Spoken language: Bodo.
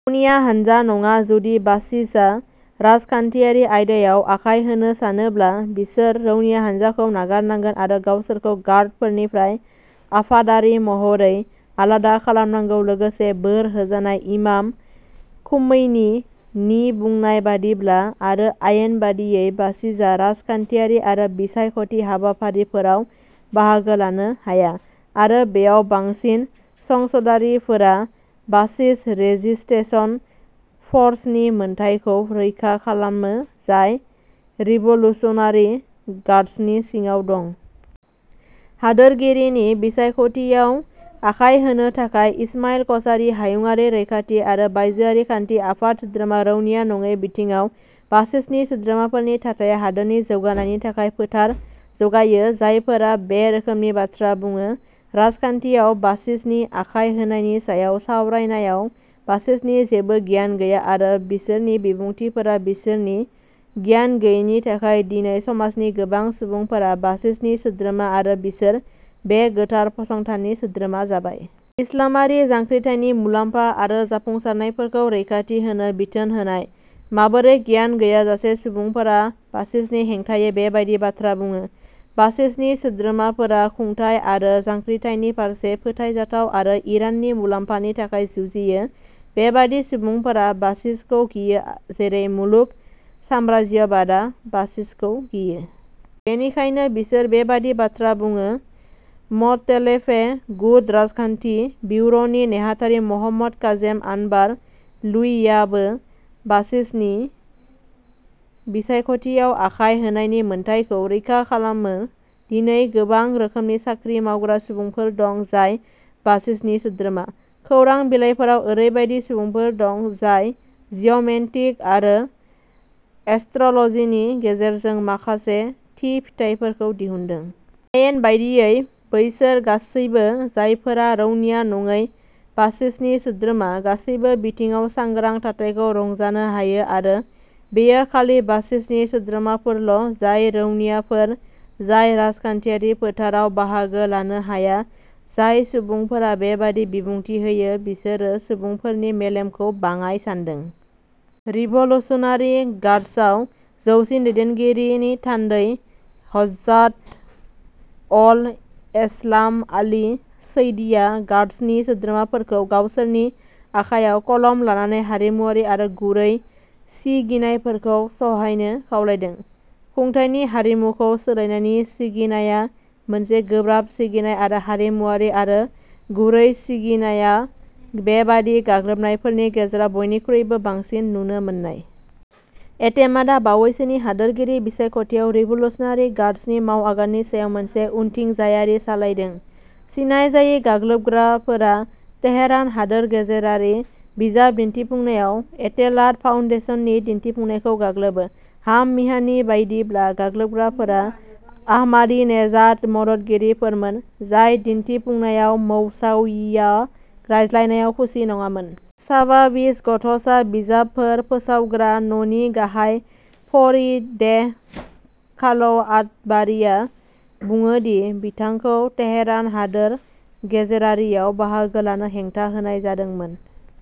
रौनिया हानजा नङा। जुदि बासिजआ राजखान्थियारि आयदायाव आखाय होनो सानोब्ला, बिसोर रौनिया हान्जाखौ नागारनांगोन आरो गावसोरखौ गार्डफोरनिफ्राय आफादारि महरै आलादा खालामनांगौ लोगोसे बोर होजानाय इमाम खुमैनी नि बुंनाय बादिब्ला आरो आयेन बादियै बासिजआ राजखान्थियारि आरो बिसायख'थि हाबाफारिफोराव बाहागो लानो हाया आरो बेयाव बांसिन संसदारिफोरा बासिज रेजिस्टेन्स फर्सनि मोनथायखौ रैखा खालामो जाय रिभलुसनारि गार्डसनि सिङाव दं। हादोरगिरिनि बिसायख'थियाव आखाय होनो थाखाय इसमाइल क'सारी हायुंआरि रैखाथि आरो बायजोआरि खान्थि आफाद सोद्रोमा रौनिया नङै बिथिङाव बासिजनि सोद्रोमाफोरनि थाथाया हादोरनि जौगानायनि थाखाय फोथार जगायो जायफोरा बे रोखोमनि बाथ्रा बुङो राजखान्थियाव बासिजनि आखाय होनायनि सायाव सावरायनायाव बासिजनि जेबो गियान गैया आरो बिसोरनि बिबुंथिफोरा बिसोरनि गियान गैयैनि थाखाय दिनै समाजनि गोबां सुबुंफोरा बासिजनि सोद्रोमा आरो बिसोर बे गोथार फसंथाननि सोद्रोमा जाबाय। इस्लामारि जांख्रिथायनि मुलाम्फा आरो जाफुंसारनायफोरखौ रैखाथि होनो बिथोन होनाय। माबोरै गियान गैयाजासे सुबुंफोरा बासिजनि हेंथायै बेबायदि बाथ्रा बुङो? बासिजनि सोद्रोमाफोरा खुंथाय आरो जांख्रिथायनि फारसे फोथायजाथाव आरो इराननि मुलाम्फानि थाखाय जुजियो बेबादि सुबुंफोरा बासिजखौ गियो जेरै मुलुग साम्राज्यबादआ बासिजखौ गियो। बेनिखायनो बिसोर बेबादि बाथ्रा बुङो म'तलेफे गुट राजखान्थि बिउर'नि नेहाथारि महम्मद काजेम आनबार लुइयियाबो बासिजनि बिसायख'थियाव आखाय होनायनि मोन्थाइखौ रैखा खालामो दिनै गोबां रोखोमनि साख्रि मावग्रा सुबुंफोर दं जाय बासिजनि सोद्रोमा। खौरां बिलाइफोराव ओरैबायदि सुबुंफोर दं जाय जिअ'मेन्टिक आरो एस्ट्र'लजिनि गेजेरजों माखासे थि फिथाइफोरखौ दिहुनदों। आयेन बायदियै बैसोर गासैबो जायफोरा रौनिया नङै बासिजनि सोद्रोमा, गासैबो बिथिङाव सांग्रां थाथायखौ रंजानो हायो आरो बेयो खालि बासिजनि सोद्रोमाफोरल' जाय रौनियाफोर जाय राजखान्थियारि फोथाराव बाहागो लानो हाया। जाय सुबुंफोरा बेबादि बिबुंथि होयो बिसोरो सुबुंफोरनि मेलेमखौ बाङाइ सान्दों। रिभलुसनारि गार्डसआव जौसिन दैदेनगिरिनि थान्दै हज्जात अल एसलाम आली सैदीआ गार्डसनि सोद्रोमाफोरखौ गावसोरनि आखायाव कलम लानानै हारिमुआरि आरो गुरै सिगिनायफोरखौ सहायनो खावलायदों। खुंथायनि हारिमुखौ सोलायनायनि सिगिनायआ मोनसे गोब्राब सिगिनाय आरो हारिमुआरि आरो गुरै सिगिनायआ बेबादि गाग्लोबनायफोरनि गेजेराव बयनिख्रुइबो बांसिन नुनो मोननाय। एटेमाडआ बावैसोनि हादोरगिरि बिसायख'थियाव रिभलुसनारि गार्डसनि मावआगाननि सायाव मोनसे उनथिंजायारि सालायदों। सिनायजायै गाग्लोबग्राफोरा तेहरान हादोर गेजेरारि बिजाब दिन्थिफुंनायाव एटेलात फाउन्डेशननि दिन्थिफुंनायखौ गाग्लोबो। हाम मिहाननि बायदिब्ला, गाग्लोबग्राफोरा आहमादिनेजाद मददगिरिफोरमोन, जाय दिन्थिफुंनायाव मौसाविआ रायज्लायनायाव खुसि नङामोन। शाबाविज गथ'सा बिजाबफोर फोसावग्रा न'नि गाहाय फरिदेह खाल'आतबारीआ बुङो दि बिथांखौ तेहरान हादोर गेजेरारिआव बाहागो लानो हेंथा होनाय जादोंमोन।